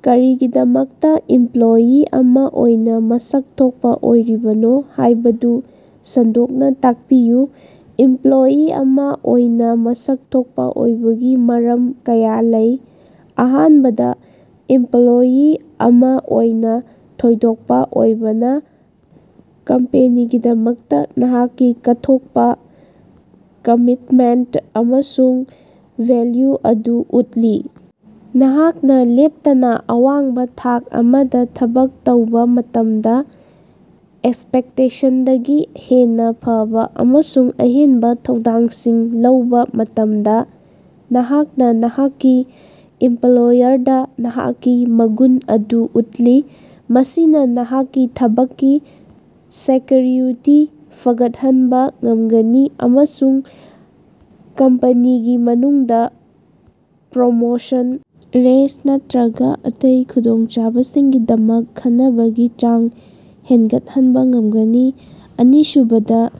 ꯀꯔꯤꯒꯤꯗꯃꯛꯇꯥ ꯏꯝꯄꯂꯣꯌꯤ ꯑꯃ ꯑꯣꯏꯅ ꯃꯁꯛ ꯊꯣꯛꯄ ꯑꯣꯏꯔꯤꯕꯅꯣ ꯍꯥꯏꯕꯗꯨ ꯁꯟꯗꯣꯛꯅ ꯇꯥꯛꯄꯤꯌꯨ꯫ ꯏꯃꯄꯂꯣꯌꯤ ꯑꯃ ꯑꯣꯏꯅ ꯃꯁꯛ ꯊꯣꯛꯄ ꯑꯣꯏꯕꯒꯤ ꯃꯔꯝ ꯀꯌꯥ ꯂꯩ꯫ ꯑꯍꯥꯟꯕꯗ, ꯏꯃꯄꯂꯣꯌꯤ ꯑꯃ ꯑꯣꯏꯅ ꯊꯣꯏꯗꯣꯛꯄ ꯑꯣꯏꯕꯅ ꯀꯝꯄꯦꯅꯤꯒꯤꯗꯃꯛꯇ ꯅꯍꯥꯛꯀꯤ ꯀꯠꯊꯣꯛꯄ, ꯀꯃꯤꯠꯃꯦꯟꯇ ꯑꯃꯁꯨꯡ ꯚꯦꯜꯌꯨ ꯑꯗꯨ ꯎꯠꯂꯤ꯫ ꯅꯍꯥꯛꯅ ꯂꯦꯞꯇꯅ ꯑꯋꯥꯡꯕ ꯊꯥꯛ ꯑꯃꯗ ꯊꯕꯛ ꯇꯧꯕ ꯃꯇꯝꯗ, ꯑꯦꯛꯁꯄꯦꯛꯇꯦꯁꯟꯗꯒꯤ ꯍꯦꯟꯅ ꯐꯕ ꯑꯃꯁꯨꯡ ꯑꯍꯦꯟꯕ ꯊꯧꯗꯥꯡꯁꯤꯡ ꯂꯧꯕ ꯃꯇꯝꯗ, ꯅꯍꯥꯛꯅ ꯅꯍꯥꯛꯀꯤ ꯏꯝꯄꯂꯣꯌꯔꯗ ꯅꯍꯥꯛꯀꯤ ꯃꯒꯨꯟ ꯑꯗꯨ ꯎꯠꯂꯤ꯫ ꯃꯁꯤꯅ ꯅꯍꯥꯛꯀꯤ ꯊꯕꯛꯀꯤ ꯁꯦꯛꯀꯌꯨꯔꯤꯇꯤ ꯐꯒꯠꯍꯟꯕ ꯉꯝꯒꯅꯤ ꯑꯃꯁꯨꯡ ꯀꯝꯄꯅꯤꯒꯤ ꯃꯅꯨꯡꯗ ꯄ꯭ꯔꯣꯃꯣꯁꯟ, ꯔꯦꯏꯁ ꯅꯠꯇ꯭ꯔꯒꯥ ꯑꯇꯩ ꯈꯨꯗꯣꯡꯆꯥꯕꯁꯤꯡꯒꯤꯗꯃꯛ ꯈꯟꯅꯕꯒꯤ ꯆꯥꯡ ꯍꯦꯟꯒꯠꯍꯟꯕ ꯉꯝꯒꯅꯤ꯫ ꯑꯅꯤꯁꯨꯕꯗ,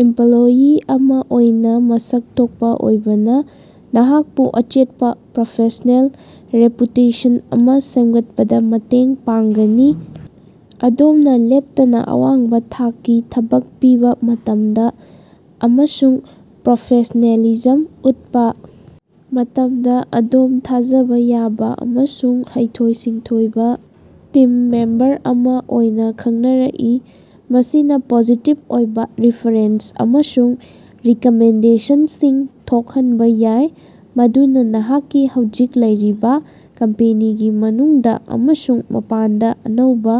ꯏꯝꯄꯂꯣꯌꯤ ꯑꯃ ꯑꯣꯏꯅ ꯃꯁꯛ ꯊꯣꯛꯄ ꯑꯣꯏꯕꯅ ꯅꯍꯥꯛꯄꯨ ꯑꯆꯦꯠꯄ ꯄ꯭ꯔꯣꯐꯦꯁ꯭ꯅꯦꯜ ꯔꯦꯄꯨꯇꯦꯁꯟ ꯑꯃ ꯁꯦꯝꯒꯠꯄꯗ ꯃꯇꯦꯡ ꯄꯥꯡꯒꯅꯤ꯫ ꯑꯗꯣꯝꯅ ꯂꯦꯞꯇꯅ ꯑꯋꯥꯡꯕ ꯊꯥꯛꯀꯤ ꯊꯕꯛ ꯄꯤꯕ ꯃꯇꯝꯗ ꯑꯃꯁꯨꯡ ꯄ꯭ꯔꯣꯐꯦꯁ꯭ꯅꯦꯂꯤꯖꯝ ꯎꯠꯄ ꯃꯇꯝꯗ, ꯑꯗꯣꯝ ꯊꯥꯖꯕ ꯌꯥꯕ ꯑꯃꯁꯨꯡ ꯍꯩꯊꯣꯏ-ꯁꯤꯡꯊꯣꯏꯕ ꯇꯤꯝ ꯃꯦꯝꯕꯔ ꯑꯃ ꯑꯣꯏꯅ ꯈꯪꯅꯔꯛꯏ꯫ ꯃꯁꯤꯅ ꯄꯣꯖꯤꯇꯤꯕ ꯑꯣꯏꯕ ꯔꯤꯐꯔꯦꯟꯁ ꯑꯃꯁꯨꯡ ꯔꯤꯀꯃꯦꯟꯗꯦꯁꯟꯁꯤꯡ ꯊꯣꯛꯍꯟꯕ ꯌꯥꯏ, ꯃꯗꯨꯅ ꯅꯍꯥꯛꯀꯤ ꯍꯧꯖꯤꯛ ꯂꯩꯔꯤꯕꯥ ꯀꯝꯄꯦꯅꯤꯒꯤ ꯃꯅꯨꯡꯗ ꯑꯃꯁꯨꯡ ꯃꯄꯥꯟꯗ ꯑꯅꯧꯕ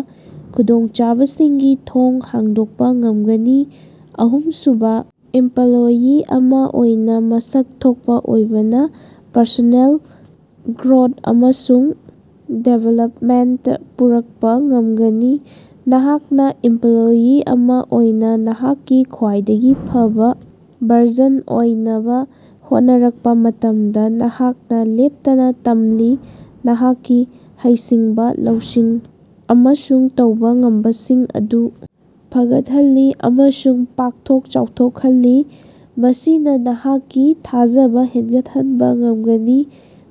ꯈꯨꯗꯣꯡꯆꯥꯕꯁꯤꯡꯒꯤ ꯊꯣꯡ ꯍꯥꯡꯗꯣꯛꯄ ꯉꯝꯒꯅꯤ꯫ ꯑꯍꯨꯝꯁꯨꯕ, ꯏꯝꯄꯂꯣꯌꯤ ꯑꯃ ꯑꯣꯏꯅ ꯃꯁꯛ ꯊꯣꯛꯄ ꯑꯣꯏꯕꯅ ꯄꯔꯁꯣꯅꯦꯜ ꯒ꯭ꯔꯣꯊ ꯑꯃꯁꯨꯡ ꯗꯤꯚꯦꯂꯄꯃꯦꯟꯇ ꯄꯨꯔꯛꯄ ꯉꯝꯒꯅꯤ꯫ ꯅꯍꯥꯛꯅ ꯏꯝꯄꯂꯣꯌꯤ ꯑꯃ ꯑꯣꯏꯅ ꯅꯍꯥꯛꯀꯤ ꯈ꯭ꯋꯥꯏꯗꯒꯤ ꯐꯕ ꯚꯔꯖꯟ ꯑꯣꯏꯅꯕ ꯍꯣꯠꯅꯔꯛꯄ ꯃꯇꯝꯗ, ꯅꯍꯥꯛꯅ ꯂꯦꯞꯇꯅ ꯇꯝꯂꯤ, ꯅꯍꯥꯛꯀꯤ ꯍꯩꯁꯤꯡꯕ, ꯂꯧꯁꯤꯡ ꯑꯃꯁꯨꯡ ꯇꯧꯕ ꯉꯝꯕꯁꯤꯡ ꯑꯗꯨ ꯐꯒꯠꯍꯜꯂꯤ ꯑꯃꯁꯨꯡ ꯄꯥꯛꯊꯣꯛ ꯆꯥꯎꯊꯣꯛꯍꯜꯂꯤ꯫ ꯃꯁꯤꯅ ꯅꯍꯥꯛꯀꯤ ꯊꯥꯖꯕ ꯍꯦꯟꯒꯠꯍꯟꯕ ꯉꯝꯒꯅꯤ,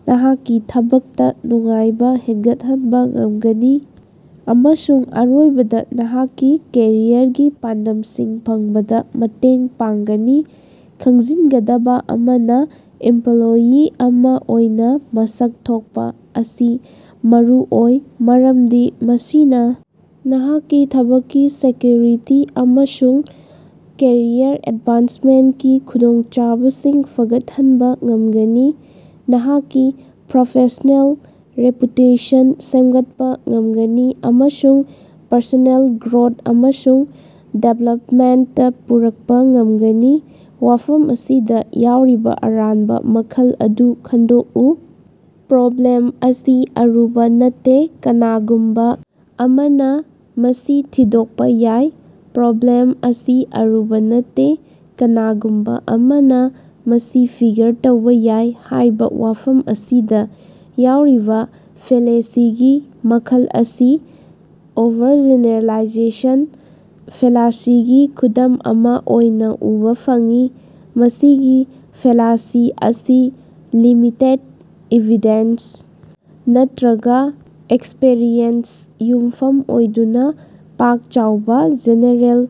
ꯅꯍꯥꯛꯀꯤ ꯊꯕꯛꯇ ꯅꯨꯡꯉꯥꯏꯕ ꯍꯦꯟꯒꯠꯍꯟꯕ ꯉꯝꯒꯅꯤ ꯑꯃꯁꯨꯡ ꯑꯔꯣꯏꯕꯗ ꯅꯍꯥꯛꯀꯤ ꯀꯦꯔꯤꯌꯔꯒꯤ ꯄꯥꯟꯗꯝꯁꯤꯡ ꯐꯪꯕꯗ ꯃꯇꯦꯡ ꯄꯥꯡꯒꯅꯤ꯫ ꯈꯪꯖꯤꯟꯒꯗꯕ ꯑꯃꯅ, ꯏꯝꯄꯂꯣꯌꯤ ꯑꯃ ꯑꯣꯏꯅ ꯃꯁꯛ ꯊꯣꯛꯄ ꯑꯁꯤ ꯃꯔꯨꯑꯣꯏ ꯃꯔꯝꯗꯤ ꯃꯁꯤꯅ ꯅꯍꯥꯛꯀꯤ ꯊꯕꯛꯀꯤ ꯁꯦꯛꯀꯌꯨꯔꯤꯇꯤ ꯑꯃꯁꯨꯡ ꯀꯦꯔꯤꯌꯔ ꯑꯦꯗꯚꯥꯟꯁꯃꯦꯟꯇꯀꯤ ꯈꯨꯗꯣꯡꯆꯥꯕꯁꯤꯡ ꯐꯒꯠꯍꯟꯕ ꯉꯝꯒꯅꯤ, ꯅꯍꯥꯛꯀꯤ ꯄ꯭ꯔꯣꯐꯦꯁꯅꯦꯜ ꯔꯦꯄꯨꯇꯦꯁꯟ ꯁꯦꯝꯒꯠꯄ ꯉꯝꯒꯅꯤ ꯑꯃꯁꯨꯡ ꯄꯔꯁꯣꯅꯦꯜ ꯒ꯭ꯔꯣꯊ ꯑꯃꯁꯨꯡ ꯗꯤꯚꯦꯂꯄꯃꯦꯟꯇꯗ ꯄꯨꯔꯛꯄ ꯉꯝꯒꯅꯤ꯫ ꯋꯥꯐꯝ ꯑꯁꯤꯗ ꯌꯥꯎꯔꯤꯕ ꯑꯔꯥꯟꯕ ꯃꯈꯜ ꯑꯗꯨ ꯈꯟꯗꯣꯛꯎ: "ꯄ꯭ꯔꯣꯕ꯭ꯂꯦꯝ ꯑꯁꯤ ꯑꯔꯨꯕꯥ ꯅꯠꯇꯦ, ꯀꯅꯥꯒꯨꯝꯕ ꯑꯃꯅ ꯃꯁꯤ ꯊꯤꯗꯣꯛꯄ ꯌꯥꯏ"꯫ "ꯄ꯭ꯔꯣꯕ꯭ꯂꯦꯝ ꯑꯁꯤ ꯑꯔꯨꯕ ꯅꯠꯇꯦ, ꯀꯅꯥꯒꯨꯝꯕ ꯑꯃꯅ ꯃꯁꯤ ꯐꯤꯒꯔ ꯇꯧꯕ ꯌꯥꯏ" ꯍꯥꯏꯕ ꯋꯥꯐꯝ ꯑꯁꯤꯗ ꯌꯥꯎꯔꯤꯕ ꯐꯦꯜꯂꯦꯁꯤꯒꯤ ꯃꯈꯜ ꯑꯁꯤ "ꯑꯣꯚꯔꯖꯦꯅꯦꯔꯦꯂꯥꯏꯖꯦꯁꯟ" ꯐꯦꯂꯥꯁꯤꯒꯤ ꯈꯨꯗꯝ ꯑꯃ ꯑꯣꯏꯅ ꯎꯕ ꯐꯪꯏ꯫ ꯃꯁꯤꯒꯤ ꯐꯦꯂꯥꯁꯤ ꯑꯁꯤ ꯂꯤꯃꯤꯇꯦꯗ ꯏꯚꯤꯗꯦꯟꯁ ꯅꯠꯇ꯭ꯔꯒ ꯑꯦꯛꯁꯄꯤꯔꯤꯑꯦꯟꯁꯇ ꯌꯨꯝꯐꯝ ꯑꯣꯏꯗꯨꯅ ꯄꯥꯛ-ꯆꯥꯎꯕ, ꯖꯦꯅꯦꯔꯦꯜ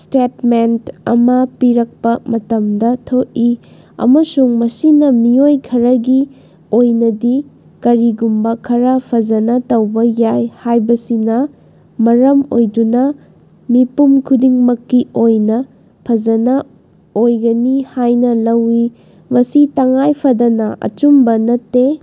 ꯁ꯭ꯇꯦꯇꯃꯦꯟꯇ ꯑꯃ ꯄꯤꯔꯛꯄ ꯃꯇꯝꯗ ꯊꯣꯛꯏ, ꯑꯃꯁꯨꯡ ꯃꯁꯤꯅ ꯃꯤꯑꯣꯏ ꯈꯔꯒꯤ ꯑꯣꯏꯅꯗꯤ ꯀꯔꯤꯒꯨꯝꯕ ꯈꯔꯥ ꯐꯖꯅ ꯇꯧꯕ ꯌꯥꯏ ꯍꯥꯏꯕꯁꯤꯅ ꯃꯔꯝ ꯑꯣꯏꯗꯨꯅ ꯃꯤꯄꯨꯝ ꯈꯨꯗꯤꯡꯃꯛꯀꯤ ꯑꯣꯏꯅ ꯐꯖꯅ ꯑꯣꯏꯒꯅꯤ ꯍꯥꯏꯅ ꯂꯧꯏ, ꯃꯁꯤ ꯇꯉꯥꯏꯐꯗꯅꯥ ꯑꯆꯨꯝꯕ ꯅꯠꯇꯦ꯫